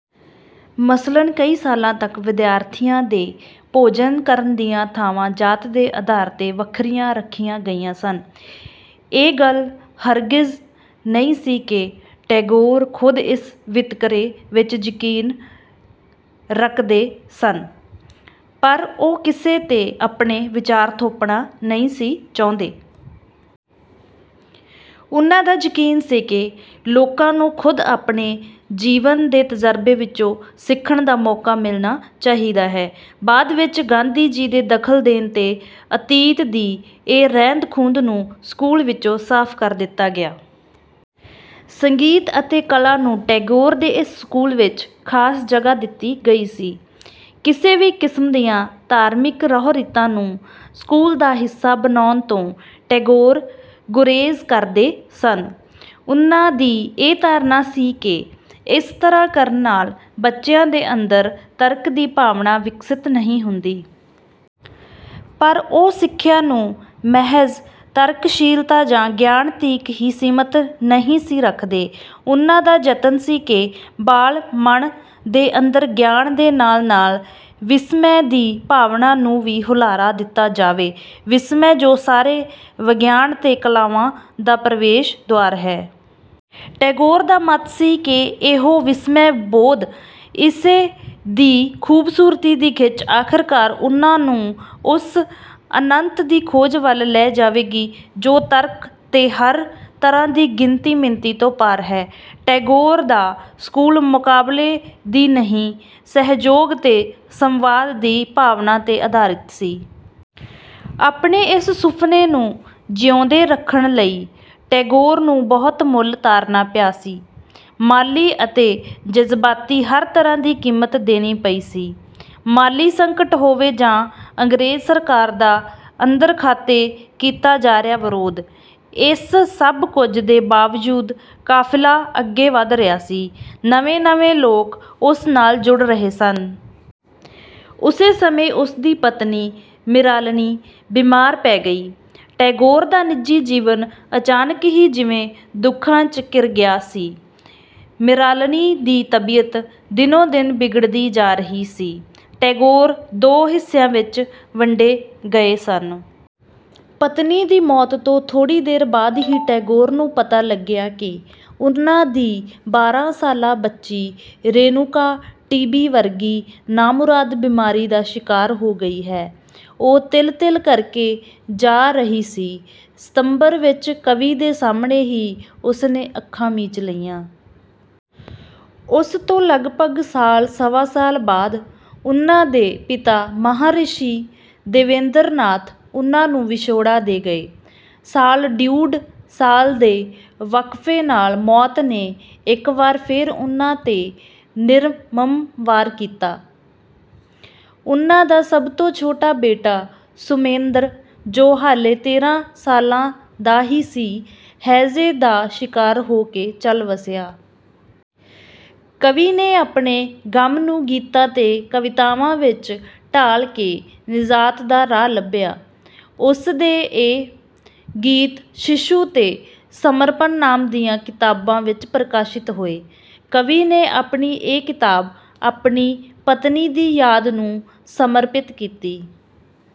ਮਸਲਣ ਕਈ ਸਾਲਾਂ ਤਕ ਵਿਦਿਆਰਥੀਆਂ ਦੇ ਭੋਜਨ ਕਰਨ ਦੀਆਂ ਥਾਵਾਂ ਜਾਤ ਦੇ ਆਧਾਰ 'ਤੇ ਵਖਰੀਆਂ ਰੱਖੀਆਂ ਗਈਆਂ ਸਨ। ਇਹ ਗੱਲ ਹਰਗਿਜ਼ ਨਹੀਂ ਸੀ ਕਿ ਟੈਗੋਰ ਖੁਦ ਇਸ ਵਿਤਕਰੇ ਵਿੱਚ ਯਕੀਨ ਰਕਦੇ ਸਨ ਪਰ ਉਹ ਕਿਸੇ 'ਤੇ ਆਪਣੇ ਵਿਚਾਰ ਥੋਪਣਾ ਨਹੀਂ ਸੀ ਚਾਹੁੰਦੇ। ਉਨ੍ਹਾ ਦਾ ਯਕੀਨ ਸੀ ਕਿ ਲੋਕਾਂ ਨੂੰ ਖੁਦ ਆਪਣੇ ਜੀਵਨ ਦੇ ਤਜ਼ਰਬੇ ਵਿੱਚੋਂ ਸਿਖਣ ਦਾ ਮੌਕਾ ਮਿਲਣਾ ਚਾਹੀਦਾ ਹੈ। ਬਾਦ ਵਿੱਚ ਗਾਂਧੀ ਜੀ ਦੇ ਦਖਲ ਦੇਣ 'ਤੇ ਅਤੀਤ ਦੀ ਇਸ ਰਹਿਂਦ-ਖੂਂਹਦ ਨੂੰ ਸਕੂਲ ਵਿੱਚੋਂ ਸਾਫ਼ ਕਰ ਦਿੱਤਾ ਗਿਆ। ਸੰਗੀਤ ਅਤੇ ਕਲਾ ਨੂੰ ਟੈਗੋਰ ਦੇ ਇਸ ਸਕੂਲ ਵਿੱਚ ਖਾਸ ਜਗਾਹ ਦਿੱਤੀ ਗਈ ਸੀ। ਕਿਸੇ ਵੀ ਕਿਸਮ ਦੀਆਂ ਧਾਰਮਿਕ ਰਹੁ-ਰੀਤਾਂ ਨੂੰ ਸਕੂਲ ਦਾ ਹਿਸਾ ਬਣਾਉਣ ਤੋਂ ਟੈਗੋਰ ਗੁਰੇਜ਼ ਕਰਦੇ ਸਨ। ਉਹਨਾ ਦੀ ਇਹ ਧਾਰਣਾ ਸੀ ਕਿ ਇਸ ਤਰ੍ਹਾਂ ਕਰਨ ਨਾਲ ਬੱਚਿਆਂ ਦੇ ਅੰਦਰ ਤਰਕ ਦੀ ਭਾਵਨਾ ਵਿਕਸਤ ਨਹੀਂ ਹੁੰਦੀ। ਪਰ ਉਹ ਸਿਖਿਆ ਨੂੰ ਮਹਿਜ਼ ਤਰਕਸ਼ੀਲਤਾ ਜਾਂ ਗਿਆਨ ਤੀਕ ਹੀ ਸੀਮਿਤ ਨਹੀਂ ਸੀ ਰਖਦੇ। ਉਨ੍ਹਾ ਦਾ ਜਤਨ ਸੀ ਕਿ ਬਾਲ ਮਨ ਦੇ ਅੰਦਰ ਗਿਆਨ ਦੇ ਨਾਲ-ਨਾਲ ਵਿਸਮੈ ਦੀ ਭਾਵਨਾ ਨੂੰ ਵੀ ਹੁਲਾਰਾ ਦਿੱਤਾ ਜਾਵੇ--ਵਿਸਮੈ ਜੋ ਸਾਰੇ ਵਿਗਿਆਨ ਤੇ ਕਲਾਵਾਂ ਦਾ ਪ੍ਰਵੇਸ਼ ਦੁਆਰ ਹੈ। ਟੈਗੋਰ ਦਾ ਮਤ ਸੀ ਕਿ ਇਹੋ ਵਿਸਮੈ-ਬੋਧ, ਇਸੇ ਦੀ ਖੂਬਸੂਰਤੀ ਦੀ ਖਿੱਚ ਆਖਿਰਕਾਰ ਉਨ੍ਹਾਂ ਨੂੰ ਉਸ ਅਨੰਤ ਦੀ ਖੋਜ ਵੱਲ ਲੈ ਜਾਵੇਗੀ ਜੋ ਤਰਕ ਤੇ ਹਰ ਤਰ੍ਹਾਂ ਦੀ ਗਿਣਤੀ-ਮਿਣਤੀ ਤੋਂ ਪਾਰ ਹੈ। ਟੈਗੋਰ ਦਾ ਸਕੂਲ਼ ਮੁਕਾਬਲੇ ਦੀ ਨਹੀਂ ਸਹਿਯੋਗ ਤੇ ਸੰਵਾਦ ਦੀ ਭਾਵਨਾ 'ਤੇ ਆਧਾਰਿਤ ਸੀ। ਆਪਣੇ ਇਸ ਸੁਫ਼ਨੇ ਨੂੰ ਜਿਉਂਦੇ ਰਖਣ ਲਈ ਟੈਗੋਰ ਨੂੰ ਬਹੁਤ ਮੁੱਲ ਤਾਰਣਾ ਪਿਆ ਸੀ, ਮਾਲੀ ਅਤੇ ਜਜ਼ਬਾਤੀ ਹਰ ਤਰ੍ਹਾਂ ਦੀ ਕੀਮਤ ਦੇਣੀ ਪਈ ਸੀ। ਮਾਲੀ ਸੰਕਟ ਹੋਵੇ ਜਾਂ ਅੰਗਰੇਜ਼ ਸਰਕਾਰ ਦਾ ਅੰਦਰਖਾਤੇ ਕੀਤਾ ਜਾ ਰਿਹਾ ਵਿਰੋਧ, ਇਸ ਸਭ ਕੁਝ ਦੇ ਬਾਵਜੂਦ ਕਾਫ਼ਿਲਾ ਅੱਗੇ ਵਧ ਰਿਹਾ ਸੀ, ਨਵੇਂ-ਨਵੇਂ ਲੋਕ ਉਸ ਨਾਲ ਜੁੜ ਰਹੇ ਸਨ। ਉਸੇ ਸਮੇਂ ਉਸਦੀ ਪਤਨੀ ਮ੍ਰਿਣਾਲਨੀ ਬੀਮਾਰ ਪੈ ਗਈ। ਟੈਗੋਰ ਦਾ ਨਿਜੀ ਜੀਵਨ ਅਚਾਣਕ ਹੀ ਜਿਵੇਂ ਦੁਖਾਂ 'ਚ ਘਿਰ ਗਿਆ ਸੀ। ਮ੍ਰਿਣਾਲਨੀ ਦੀ ਤਬੀਅਤ ਦਿਨੋ-ਦਿਨ ਬਿਗੜਦੀ ਜਾ ਰਹੀ ਸੀ, ਟੈਗੋਰ ਦੋ ਹਿੱਸਿਆਂ ਵਿੱਚ ਵੰਡੇ ਗਏ ਸਨ। ਪਤਨੀ ਦੀ ਮੌਤ ਤੋਂ ਥੋੜੀ ਦੇਰ ਬਾਦ ਹੀ ਟੈਗੋਰ ਨੂੰ ਪਤਾ ਲਗਿਆ ਕਿ ਉਨ੍ਹਾ ਦੀ ਬਾਰ੍ਹਾਂ ਸਾਲਾ ਬੱਚੀ ਰੇਣੂਕਾ ਟੀ. ਬੀ ਵਰਗੀ ਨਾਮੁਰਾਦ ਬੀਮਾਰੀ ਦਾ ਸ਼ਿਕਾਰ ਹੋ ਗਈ ਹੈ। ਉਹ ਤਿਲ-ਤਿਲ ਕਰਕੇ ਜਾ ਰਹੀ ਸੀ, ਸਿਤੰਬਰ ਵਿੱਚ ਕਵੀ ਦੇ ਸਾਹਮਣੇ ਹੀ ਉਸਨੇ ਅੱਖਾਂ ਮੀਚ ਲਈਆਂ। ਉਸ ਤੋਂ ਲਗਭਗ ਸਾਲ-ਸਵਾ ਸਾਲ ਬਾਦ ਉਨ੍ਹਾ ਦੇ ਪਿਤਾ ਮਹਾਰਿਸ਼ੀ ਦੇਵਿੰਦਰਨਾਥ ਉਨ੍ਹਾ ਨੂੰ ਵਿਛੋੜਾ ਦੇ ਗਏ। ਸਾਲ-ਡਿਉੜ ਸਾਲ ਦੇ ਵਕਫ਼ੇ ਨਾਲ ਮੌਤ ਨੇ ਇੱਕ ਵਾਰ ਫੇਰ ਉਨ੍ਹਾ 'ਤੇ ਨਿਰਮਮ ਵਾਰ ਕੀਤਾ। ਉਨ੍ਹਾ ਦਾ ਸਭ ਤੋਂ ਛੋਟਾ ਬੇਟਾ ਸ਼ਮੇਂਦਰ, ਜੋ ਹਾਲੇ ਤੇਰ੍ਹਾਂ ਸਾਲਾਂ ਦਾ ਹੀ ਸੀ, ਹੈਜੇ ਦਾ ਸ਼ਿਕਾਰ ਹੋ ਕੇ ਚਲ ਵਸਿਆ। ਕਵੀ ਨੇ ਆਪਣੇ ਗਮ ਨੂੰ ਗੀਤਾਂ ਤੇ ਕਵਿਤਾਵਾਂ ਵਿੱਚ ਢਾਲ ਕੇ ਨਿਜ਼ਾਤ ਦਾ ਰਾਹ ਲੱਭਿਆ। ਉਸਦੇ ਇਹ ਗੀਤ "ਸ਼ਿਸ਼ੂ" ਤੇ "ਸਮਰਪਣ" ਨਾਂ ਦੀਆਂ ਕਿਤਾਬਾਂ ਵਿੱਚ ਪ੍ਰਕਾਸ਼ਿਤ ਹੋਏ। ਕਵੀ ਨੇ ਆਪਣੀ ਇਹ ਕਿਤਾਬ ਆਪਣੀ ਪਤਨੀ ਦੀ ਯਾਦ ਨੂੰ ਸਮਰਪਿਤ ਕੀਤੀ।